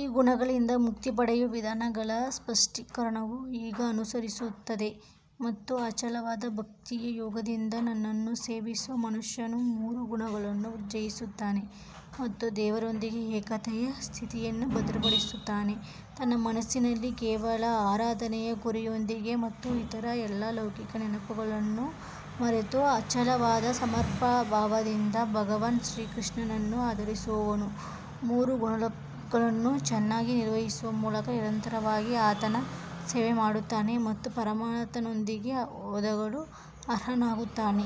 ಈ ಗುಣಗಳಿಂದ ಮುಕ್ತಿ ಪಡೆಯುವ ವಿಧಾನಗಳ ಸ್ಪಷ್ಟೀಕರಣವು ಈಗ ಅನುಸರಿಸುತ್ತದೆ ಮತ್ತು ಅಚಲವಾದ ಭಕ್ತಿಯ ಯೋಗದಿಂದ ನನ್ನನ್ನು ಸೇವಿಸುವ ಮನುಷ್ಯನು ಮೂರು ಗುಣಗಳನ್ನು ಜಯಿಸುತ್ತಾನೆ ಮತ್ತು ದೇವರೊಂದಿಗೆ ಏಕತೆಯ ಸ್ಥಿತಿಯನ್ನು ಭದ್ರಪಡಿಸುತ್ತಾನೆ. ತನ್ನ ಮನಸ್ಸಿನಲ್ಲಿ ಕೇವಲ ಆರಾಧನೆಯ ಗುರಿಯೊಂದಿಗೆ ಮತ್ತು ಇತರ ಎಲ್ಲ ಲೌಕಿಕ ನೆನಪುಗಳನ್ನು ಮರೆತು ಅಚಲವಾದ ಸಮರ್ಪಣಾಭಾವದಿಂದ ಭಗವಾನ್ ಶ್ರೀಕೃಷ್ಣನನ್ನು ಆರಾಧಿಸುವವನು ಮೂರು ಗುಣಗಳನ್ನು ಚೆನ್ನಾಗಿ ನಿರ್ವಹಿಸುವ ಮೂಲಕ ನಿರಂತರವಾಗಿ ಆತನ ಸೇವೆ ಮಾಡುತ್ತಾನೆ ಮತ್ತು ಪರಮಾತ್ಮನೊಂದಿಗೆ ಒಂದಾಗಲು ಅರ್ಹನಾಗುತ್ತಾನೆ.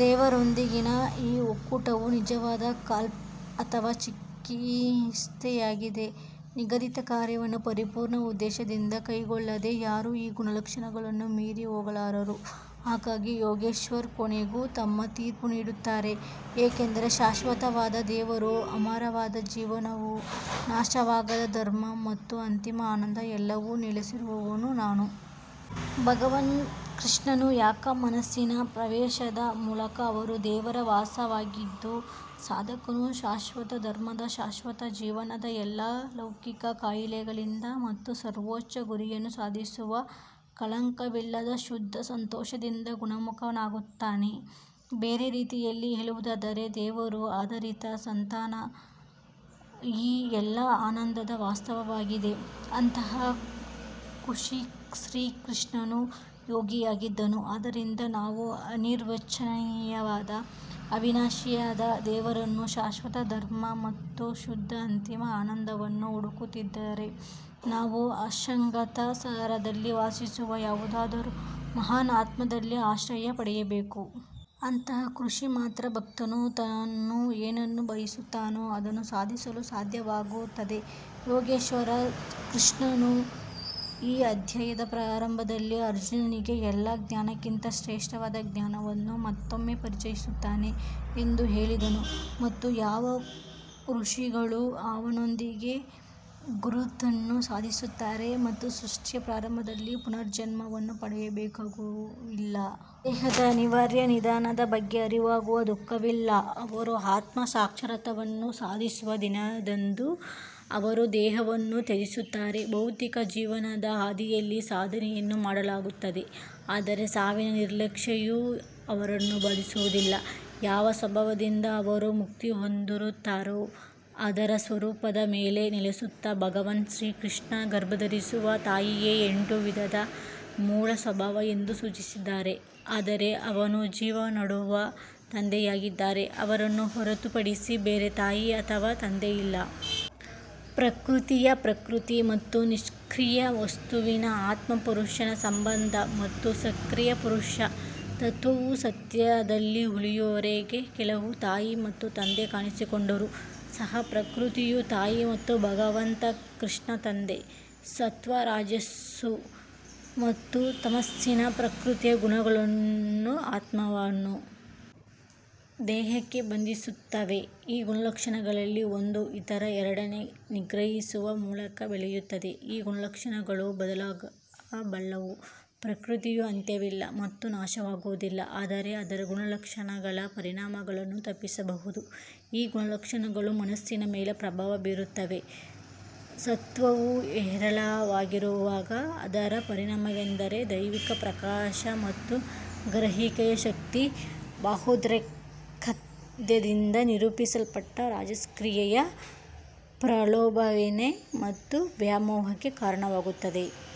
ದೇವರೊಂದಿಗಿನ ಈ ಒಕ್ಕೂಟವು ನಿಜವಾದ ಕಲ್ಪ್ ಅಥವಾ ಚಿಕಿತ್ಸೆಯಾಗಿದೆ ನಿಗದಿತ ಕಾರ್ಯವನ್ನು ಪರಿಪೂರ್ಣ ಉದ್ದೇಶದಿಂದ ಕೈಗೊಳ್ಳದೆ ಯಾರೂ ಈ ಗುಣಲಕ್ಷಣಗಳನ್ನು ಮೀರಿ ಹೋಗಲಾರರು ಹಾಗಾಗಿ ಯೋಗೇಶ್ವರ್ ಕೊನೆಗೂ ತಮ್ಮ ತೀರ್ಪು ನೀಡುತ್ತಾರೆ ಯಾಕಂದರೆ ಶಾಶ್ವತವಾದ ದೇವರು ಅಮರವಾದ ಜೀವನವು ನಾಶವಾಗದ ಧರ್ಮ ಮತ್ತು ಅಂತಿಮ ಆನಂದ ಎಲ್ಲವೂ ನೆಲೆಸಿರುವವನು ನಾನು. ಭಗವಾನ್ ಕೃಷ್ಣನು ಏಕ ಮನಸ್ಸಿನ ಪ್ರವೇಶದ ಮೂಲಕ ಅಮರ ದೇವರ ವಾಸವಾಗಿದ್ದು, ಸಾಧಕನು ಶಾಶ್ವತ ಧರ್ಮದ ಶಾಶ್ವತ ಜೀವನದ ಎಲ್ಲಾ ಲೌಕಿಕ ಕಾಯಿಲೆಗಳಿಂದ ಮತ್ತು ಸರ್ವೋಚ್ಚ ಗುರಿಯನ್ನು ಸಾಧಿಸುವ ಕಳಂಕವಿಲ್ಲದ ಶುದ್ಧ ಸಂತೋಷದಿಂದ ಗುಣಮುಖನಾಗುತ್ತಾನೆ. ಬೇರೆ ರೀತಿಯಲ್ಲಿ ಹೇಳುವುದಾದರೆ, ದೇವರು ಆಧಾರಿತ ಸಂತನು ಈ ಎಲ್ಲಾ ಆನಂದದ ವಾಸಸ್ಥಾನವಾಗಿದೆ ಅಂತಹ ಋಷಿ ಶ್ರೀಕೃಷ್ಣನು ಯೋಗಿಯಾಗಿದ್ದನು ಆದ್ದರಿಂದ ನಾವು ಅನಿರ್ವಚನೀಯವಾದ ಅವಿನಾಶಿಯಾದ ದೇವರನ್ನು ಶಾಶ್ವತ ಧರ್ಮ ಮತ್ತು ಶುದ್ಧ ಅಂತಿಮ ಆನಂದವನ್ನು ಹುಡುಕುತ್ತಿದ್ದರೆ ನಾವು ಅಸಂಗತ ಸಾರದಲ್ಲಿ ವಾಸಿಸುವ ಯಾವುದಾದರೂ ಮಹಾನ್ ಆತ್ಮದಲ್ಲಿ ಆಶ್ರಯ ಪಡೆಯಬೇಕು. ಅಂತಹ ಋಷಿ ಮಾತ್ರ ಭಕ್ತನು ತಾನು ಏನನ್ನು ಬಯಸುತ್ತಾನೋ ಅದನ್ನು ಸಾಧಿಸಲು ಸಾಧ್ಯವಾಗುತ್ತದೆ ಯೋಗೇಶ್ವರ ಕೃಷ್ಣನು ಈ ಅಧ್ಯಾಯದ ಪ್ರಾರಂಭದಲ್ಲಿ ಅರ್ಜುನನಿಗೆ ಎಲ್ಲಾ ಜ್ಞಾನಕ್ಕಿಂತ ಶ್ರೇಷ್ಠವಾದ ಜ್ಞಾನವನ್ನು ಮತ್ತೊಮ್ಮೆ ಪರಿಚಯಿಸುತ್ತೇನೆ ಎಂದು ಹೇಳಿದನು ಮತ್ತು ಯಾವ ಋಷಿಗಳು ಅವನೊಂದಿಗೆ ಗುರುತನ್ನು ಸಾಧಿಸುತ್ತಾರೆ ಮತ್ತು ಸೃಷ್ಟಿಯ ಪ್ರಾರಂಭದಲ್ಲಿ ಪುನರ್ಜನ್ಮವನ್ನು ಪಡೆಯಬೇಕಾಗಿಲ್ಲ. ದೇಹದ ಅನಿವಾರ್ಯ ನಿಧನದ ಬಗ್ಗೆ ಅವರಿಗೂ ದುಃಖವಿಲ್ಲ ಅವರು ಆತ್ಮ ಸಾಕ್ಷಾತ್ಕಾರವನ್ನು ಸಾಧಿಸುವ ದಿನದಂದು ಅವರು ದೇಹವನ್ನು ತ್ಯಜಿಸುತ್ತಾರೆ ಭೌತಿಕ ಜೀವನದ ಹಾದಿಯಲ್ಲಿ ಸಾಧನೆಯನ್ನು ಮಾಡಲಾಗುತ್ತದೆ ಆದರೆ ಸಾವಿನ ನಿರೀಕ್ಷೆಯೂ ಅವರನ್ನು ಬಾಧಿಸುವುದಿಲ್ಲ ಯಾವ ಸ್ವಭಾವದಿಂದ ಅವರು ಮುಕ್ತಿ ಹೊಂದುತ್ತಾರೋ ಅದರ ಸ್ವರೂಪದ ಮೇಲೆ ನೆಲೆಸುತ್ತಾ ಭಗವಾನ್ ಶ್ರೀಕೃಷ್ಣನು ಗರ್ಭಧರಿಸುವ ತಾಯಿಯೇ ಎಂಟು ವಿಧದ ಮೂಲ ಸ್ವಭಾವ ಎಂದು ಸೂಚಿಸಿದ್ದಾನೆ ಆದರೆ ಅವನು ಜೀವ ನೀಡುವ ತಂದೆಯಾಗಿದ್ದರೆ ಅವರನ್ನು ಹೊರತುಪಡಿಸಿ ಬೇರೆ ತಾಯಿ ಅಥವಾ ತಂದೆ ಇಲ್ಲ. ಪ್ರಕೃತಿಯ ಪ್ರಕೃತಿ ಮತ್ತು ನಿಷ್ಕ್ರಿಯ ವಸ್ತುವಿನ ಆತ್ಮ ಪುರುಷನ ಸಂಬಂಧ ಮತ್ತು ಸಕ್ರಿಯ ಪುರುಷ ತತ್ವವು ಸತ್ಯದಲ್ಲಿ ಉಳಿಯುವವರೆಗೆ ಕೆಲವು ತಾಯಿ ಮತ್ತು ತಂದೆ ಕಾಣಿಸಿಕೊಂಡರೂ ಸಹ ಪ್ರಕೃತಿಯು ತಾಯಿ ಮತ್ತು ಭಗವಂತ ಕೃಷ್ಣ ತಂದೆ. ಸತ್ತ್ವ ರಜಸ್ಸು ಮತ್ತು ತಮಸ್ಸಿನ ಪ್ರಕೃತಿಯ ಗುಣಗಳು ಆತ್ಮವನ್ನು ದೇಹಕ್ಕೆ ಬಂಧಿಸುತ್ತವೆ ಈ ಗುಣಲಕ್ಷಣಗಳಲ್ಲಿ ಒಂದು ಇತರ ಎರಡನ್ನು ನಿಗ್ರಹಿಸುವ ಮೂಲಕ ಬೆಳೆಯುತ್ತದೆ ಈ ಗುಣಲಕ್ಷಣಗಳು ಬದಲಾಗಬಲ್ಲವು ಪ್ರಕೃತಿಯು ಅಂತ್ಯವಿಲ್ಲ ಮತ್ತು ನಾಶವಾಗುವುದಿಲ್ಲ ಆದರೆ ಅದರ ಗುಣಲಕ್ಷಣಗಳ ಪರಿಣಾಮಗಳನ್ನು ತಪ್ಪಿಸಬಹುದು ಈ ಗುಣಲಕ್ಷಣಗಳು ಮನಸ್ಸಿನ ಮೇಲೆ ಪ್ರಭಾವ ಬೀರುತ್ತವೆ ಸತ್ವವು ಹೇರಳವಾಗಿರುವಾಗ ಅದರ ಪರಿಣಾಮವೆಂದರೆ ದೈವಿಕ ಪ್ರಕಾಶ ಮತ್ತು ಗ್ರಹಿಕೆಯ ಶಕ್ತಿ ಭಾವೋದ್ರೇಕದಿಂದ ನಿರೂಪಿಸಲ್ಪಟ್ಟ ರಾಜಸ್ ಕ್ರಿಯೆಯ ಪ್ರಲೋಭನೆ ಮತ್ತು ವ್ಯಾಮೋಹಕ್ಕೆ ಕಾರಣವಾಗುತ್ತದೆ.